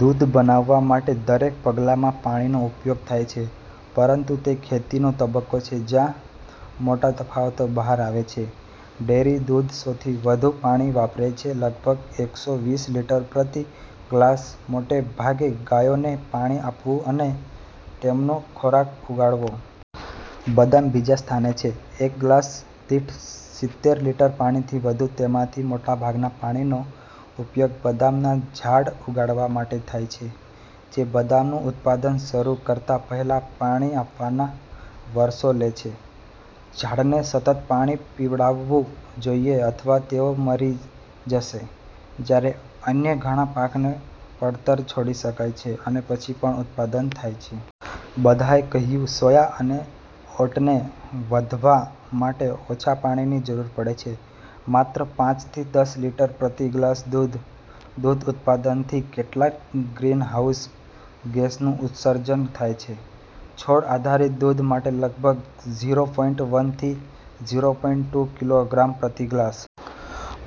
દૂધ બનાવવા માટે દરેક પગલામાં પાણીનો ઉપયોગ થાય છે, પરંતુ તે ખેતીનો તબક્કો છે જ્યાં મોટા તફાવતો બહાર આવે છે. ડેરી દૂધ સૌથી વધુ પાણી વાપરે છે- લગભગ એકસો વીસ લિટર પ્રતિ ગ્લાસ, મોટે ભાગે ગાયોને પાણી આપવું અને તેમનો ખોરાક ઉગાડવો. બદામ બીજા સ્થાને છે, એક ગ્લાસ દીઠ સિત્તેર લિટર પાણીથી વધુ. તેમાંથી મોટાભાગના પાણીનો ઉપયોગ બદામના ઝાડ ઉગાડવા માટે થાય છે. જે બદામનું ઉત્પાદન શરૂ કરતા પહેલા પાણી આપવાના વર્ષો લે છે. ઝાડને સતત પાણી પીવડાવવું જોઈએ, અથવા તેઓ મરી જશે, જ્યારે અન્ય ઘણા પાકને પડતર છોડી શકાય છે અને પછી પણ ઉત્પાદન થાય છે. બધાએ કહ્યું, સોયા અને ઓટને વધવા માટે ઓછા પાણીની જરૂર પડે છે: માત્ર પાંચ થી દસ લિટર પ્રતિ ગ્લાસ દૂધ. દૂધ ઉત્પાદનથી કેટલાક ગ્રીનહાઉસ ગેસનું ઉત્સર્જન થાય છે- છોડ આધારિત દૂધ માટે લગભગ ઝીરો પોઈન્ટ વન થી ઝીરો પોઈન્ટ ટુ કિલોગ્રામ પ્રતિ ગ્લાસ.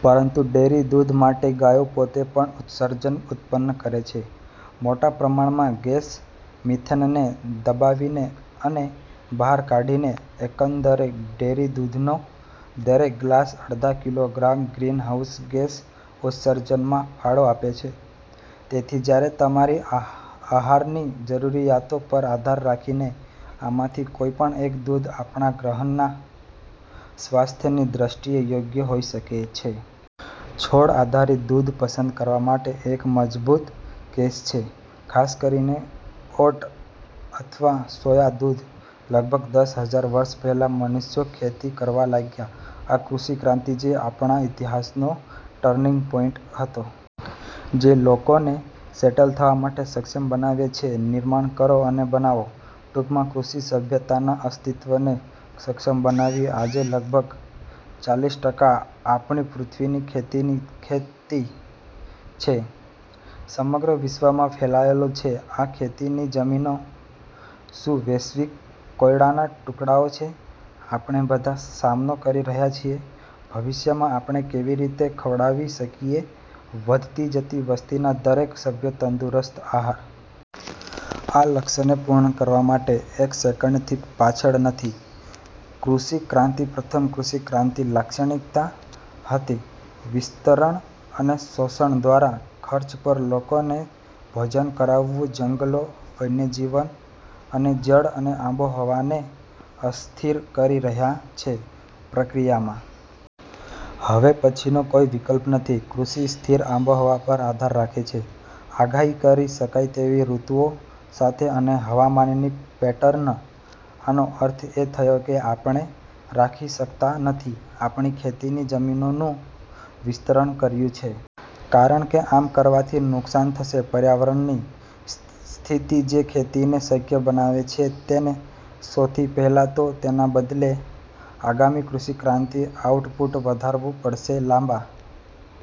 પરંતુ ડેરી દૂધ માટે, ગાયો પોતે પણ ઉત્સર્જન ઉત્પન્ન કરે છે મોટા પ્રમાણમાં ગેસ મિથેનને દબાવીને અને બહાર કાઢીને. એકંદરે, ડેરી દૂધનો દરેક ગ્લાસ અડધા કિલોગ્રામ ગ્રીનહાઉસ ગેસ ઉત્સર્જનમાં ફાળો આપે છે. તેથી જ્યારે તમારી આહારની જરૂરિયાતો પર આધાર રાખીને, આમાંથી કોઈપણ એક દૂધ આપણા ગ્રહના સ્વાસ્થ્યની દ્રષ્ટિએ યોગ્ય હોઈ શકે છે. છોડ આધારિત દૂધ પસંદ કરવા માટે એક મજબૂત કેસ છે, ખાસ કરીને ઓટ અથવા સોયા દૂધ. લગભગ દસ હજાર વર્ષ પહેલાં, મનુષ્યો ખેતી કરવા લાગ્યા. આ કૃષિ ક્રાંતિ જે આપણા ઇતિહાસનો ટર્નિંગ પોઇન્ટ હતો. જે લોકોને સેટલ થવા માટે સક્ષમ બનાવે છે, નિર્માણ કરો અને બનાવો. ટૂંકમાં, કૃષિ સભ્યતાના અસ્તિત્વને સક્ષમ બનાવ્યું. આજે, લગભગ ચાલીસ ટકા આપણી પૃથ્વીની ખેતીની ખેતી છે. સમગ્ર વિશ્વમાં ફેલાયેલો છે. આ ખેતીની જમીનો શું વૈશ્વિક કોયડાના ટુકડાઓ છે આપણે બધા સામનો કરી રહ્યા છીએ: ભવિષ્યમાં, આપણે કેવી રીતે ખવડાવી શકીએ વધતી જતી વસ્તીના દરેક સભ્ય તંદુરસ્ત આહાર? આ લક્ષ્યને પૂર્ણ કરવા માટે એક સેકન્ડથી પાછળ નથી કૃષિ ક્રાંતિ. પ્રથમ કૃષિ ક્રાંતિ લાક્ષણિકતા હતી વિસ્તરણ અને શોષણ દ્વારા, ખર્ચ પર લોકોને ભોજન કરાવવું જંગલો, વન્યજીવન અને જળ અને આબોહવાને અસ્થિર કરી રહ્યા છે પ્રક્રિયામાં. હવે પછીનો કોઈ વિકલ્પ નથી. કૃષિ સ્થિર આબોહવા પર આધાર રાખે છે. આગાહી કરી શકાય તેવી ઋતુઓ સાથે અને હવામાનની પેટર્ન. આનો અર્થ એ થયો કે આપણે રાખી શકતા નથી આપણી ખેતીની જમીનોનું વિસ્તરણ કર્યું છે. કારણ કે આમ કરવાથી નુકસાન થશે પર્યાવરણની સ્થિતિ જે ખેતીને શક્ય બનાવે છે તેને, સૌથી પહેલાં તો. તેના બદલે, આગામી કૃષિ ક્રાંતિ આઉટપુટ વધારવું પડશે લાંબા